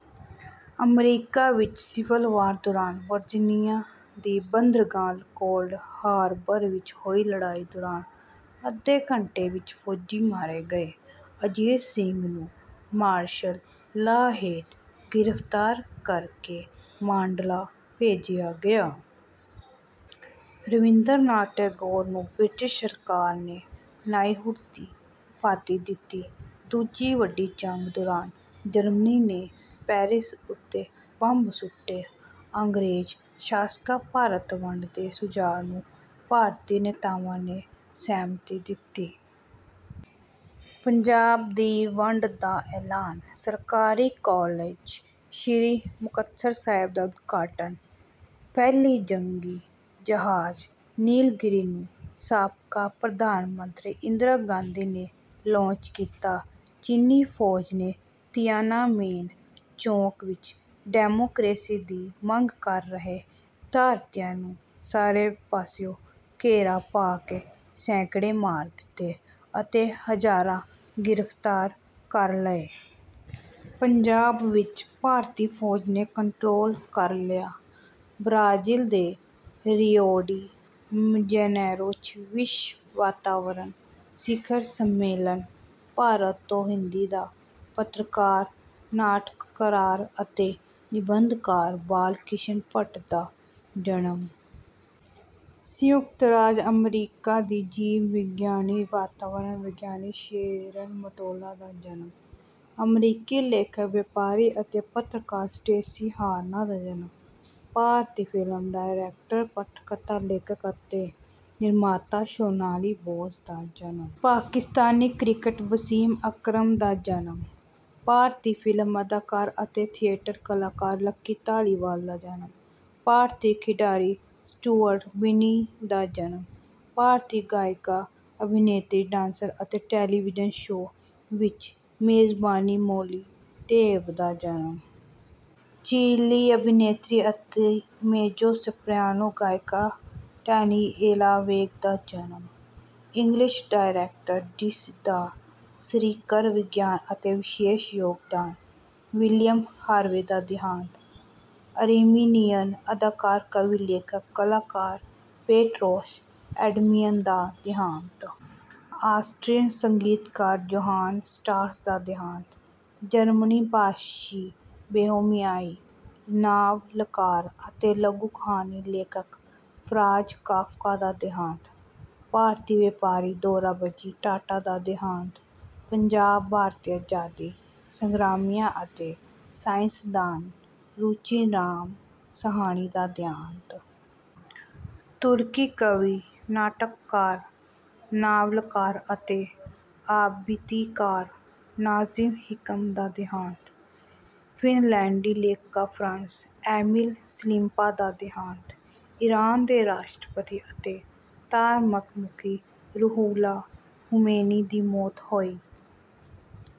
– America ਵਿੱਚ civil war ਦੌਰਾਨ Virginia ਦੀ ਬੰਦਰਗਾਹ ਕੋਲਡ ਹਾਰਬਰ ਵਿੱਚ ਹੋਈ ਲੜਾਈ ਦੌਰਾਨ ਅੱਧੇ ਘੰਟੇ ਵਿੱਚ ਫ਼ੌਜੀ ਮਾਰੇ ਗਏ। – ਅਜੀਤ ਸਿੰਘ ਨੂੰ ਮਾਰਸ਼ਲ ਲਾਅ ਹੇਠ ਗ੍ਰਿਫ਼ਤਾਰ ਕਰ ਕੇ ਮਾਂਡਲਾ ਭੇਜਿਆ ਗਿਆ। – ਰਵਿੰਦਰਨਾਥ ਟੈਗੋਰ ਨੂੰ ਬ੍ਰਿਟਿਸ਼ ਸਰਕਾਰ ਨੇ ਨਾਈਹੁਡ ਦੀ ਉਪਾਧੀ ਦਿੱਤੀ। – ਦੂਜੀ ਵੱਡੀ ਜੰਗ ਦੌਰਾਨ ਜਰਮਨੀ ਨੇ ਪੈਰਿਸ ਉਤੇ ਬੰਬ ਸੁੱਟੇ। – ਅੰਗਰੇਜ਼ ਸ਼ਾਸਕਾਂ ਭਾਰਤ ਵੰਡ ਦੇ ਸੁਝਾਅ ਨੂੰ ਭਾਰਤੀ ਨੇਤਾਵਾਂ ਨੇ ਸਹਿਮਤੀ ਦਿੱਤੀ। ਪੰਜਾਬ ਦੀ ਵੰਡ ਦਾ ਐਲਾਨ। – ਸਰਕਾਰੀ ਕਾਲਜ ਸ੍ਰੀ ਮੁਕਤਸਰ ਸਾਹਿਬ ਦਾ ਉਦਘਾਟਨ। – ਪਹਿਲੇ ਜੰਗੀ ਜਹਾਜ਼ ਨੀਲਗਿਰੀ ਨੂੰ ਸਾਬਕਾ ਪ੍ਰਧਾਨ ਮੰਤਰੀ ਇੰਦਰਾ ਗਾਂਧੀ ਨੇ ਲਾਂਚ ਕੀਤਾ। – ਚੀਨੀ ਫ਼ੌਜ ਨੇ ਤੀਆਨਾਨਮੇਨ ਚੌਕ ਵਿੱਚ ਡੈਮੋਕਰੇਸੀ ਦੀ ਮੰਗ ਕਰ ਰਹੇ ਵਿਦਿਆਰਥੀਆਂ ਨੂੰ ਸਾਰੇ ਪਾਸਿਉਂ ਘੇਰਾ ਪਾ ਕੇ ਸੈਂਕੜੇ ਮਾਰ ਦਿਤੇ ਅਤੇ ਹਜ਼ਾਰਾਂ ਗ੍ਰਿਫ਼ਤਾਰ ਕਰ ਲਏ। – ਪੰਜਾਬ ਵਿੱਚ ਭਾਰਤੀ ਫ਼ੌਜ ਨੇ ਕੰਟਰੋਲ ਕਰ ਲਿਆ। – ਬ੍ਰਾਜ਼ੀਲ ਦੇ ਰਿਓ ਡੀ ਜਨੇਰੋ 'ਚ ਵਿਸ਼ਵ ਵਾਤਾਵਰਣ ਸਿਖਰ ਸੰਮੇਲਨ। – ਭਾਰਤ ਤੋਂ ਹਿੰਦੀ ਦਾ ਪੱਤਰਕਾਰ, ਨਾਟਕਕਾਰ ਅਤੇ ਨਿਬੰਧਕਾਰ ਬਾਲ ਕ੍ਰਿਸ਼ਨ ਭੱਟ ਦਾ ਜਨਮ। – ਸੰਯੁਕਤ ਰਾਜ ਅਮਰੀਕਾ ਦੀ ਜੀਵ ਵਿਗਿਆਨੀ, ਵਾਤਾਵਰਣ ਵਿਗਿਆਨੀ ਸ਼ੈਰਨ ਮਟੋਲਾ ਦਾ ਜਨਮ। – ਅਮਰੀਕੀ ਲੇਖਕ, ਵਪਾਰੀ ਅਤੇ ਪੱਤਰਕਾਰ ਸਟੇਸੀ ਹਾਰਨ ਦਾ ਜਨਮ। – ਭਾਰਤੀ ਫਿਲਮ ਡਾਇਰੈਕਟਰ, ਪਟਕਥਾ ਲੇਖਕ ਅਤੇ ਨਿਰਮਾਤਾ ਸ਼ੋਨਾਲੀ ਬੋਸ ਦਾ ਜਨਮ। – ਪਾਕਿਸਤਾਨੀ ਕ੍ਰਿਕਟਰ ਵਸੀਮ ਅਕਰਮ ਦਾ ਜਨਮ। – ਭਾਰਤੀ ਫ਼ਿਲਮ ਅਦਾਕਾਰ ਅਤੇ ਥੀਏਟਰ ਕਲਾਕਾਰ ਲੱਕੀ ਧਾਲੀਵਾਲ ਦਾ ਜਨਮ। – ਭਾਰਤੀ ਖਿਡਾਰੀ ਸਟੂਅਰਟ ਬਿੰਨੀ ਦਾ ਜਨਮ। – ਭਾਰਤੀ ਗਾਇਕਾ, ਅਭਿਨੇਤਰੀ, ਡਾਂਸਰ ਅਤੇ ਟੈਲੀਵੀਯਨ ਸ਼ੋਅ ਵਿੱਚ ਮੇਜ਼ਬਾਨੀ ਮੌਲੀ ਡੇਵ ਦਾ ਜਨਮ। – ਚਿਲੀ ਅਭਿਨੇਤਰੀ ਅਤੇ ਮੇਜੋ-ਸੋਪ੍ਰਾਨੋ ਗਾਇਕਾ ਡੇਨੀਏਲਾ ਵੇਗਾ ਦਾ ਜਨਮ। – ਇੰਗਲਿਸ਼ ਡਾਕਟਰ ਜਿਸ ਦਾ ਸਰੀਰਕ ਵਿਗਿਆਨ ਵਿੱਚ ਵਿਸ਼ੇਸ਼ ਯੋਗਦਾਨ ਵਿਲੀਅਮ ਹਾਰਵੇ ਦਾ ਦਿਹਾਂਤ। – ਅਰਮੀਨੀਅਨ ਅਦਾਕਾਰ, ਕਵੀ, ਲੇਖਕ, ਕਲਾਕਾਰ ਪੈਟਰੋਸ ਐਡਮਿਅਨ ਦਾ ਦਿਹਾਂਤ। – ਆਸਟ੍ਰੀਅਨ ਸੰਗੀਤਕਾਰ ਜੋਹਾਨ ਸਟਰਾਸ ਦਾ ਦਿਹਾਂਤ। – ਜਰਮਨ ਭਾਸ਼ੀ ਬੋਹੇਮੀਆਈ ਨਾਵਲਕਾਰ ਅਤੇ ਲਘੂ-ਕਹਾਣੀ ਲੇਖਕ ਫ਼ਰਾਂਜ਼ ਕਾਫ਼ਕਾ ਦਾ ਦਿਹਾਂਤ। – ਭਾਰਤੀ ਵਪਾਰੀ ਦੋਰਾਬਜੀ ਟਾਟਾ ਦਾ ਦਿਹਾਂਤ। – ਪੰਜਾਬ, ਭਾਰਤੀ ਆਜ਼ਾਦੀ ਸੰਗਰਾਮੀਆ ਅਤੇ ਸਾਇੰਸਦਾਨ ਰੁਚੀ ਰਾਮ ਸਾਹਨੀ ਦਾ ਦਿਹਾਂਤ। – ਤੁਰਕੀ ਕਵੀ, ਨਾਟਕਕਾਰ, ਨਾਵਲਕਾਰ ਅਤੇ ਆਪਬੀਤੀਕਾਰ ਨਾਜ਼ਿਮ ਹਿਕਮਤ ਦਾ ਦਿਹਾਂਤ। – ਫ਼ਿਨਲੈਂਡੀ ਲੇਖਕਾਂ ਫ਼ਰੰਸ ਏਮੀਲ ਸਿਲੰਪਾ ਦਾ ਦਿਹਾਂਤ। – ਇਰਾਨ ਦੇ ਰਾਸ਼ਟਰਪਤੀ ਅਤੇ ਧਾਰਮਕ ਮੁਖੀ ਰੂਹੁੱਲਾ ਖ਼ੁਮੈਨੀ ਦੀ ਮੌਤ ਹੋਈ।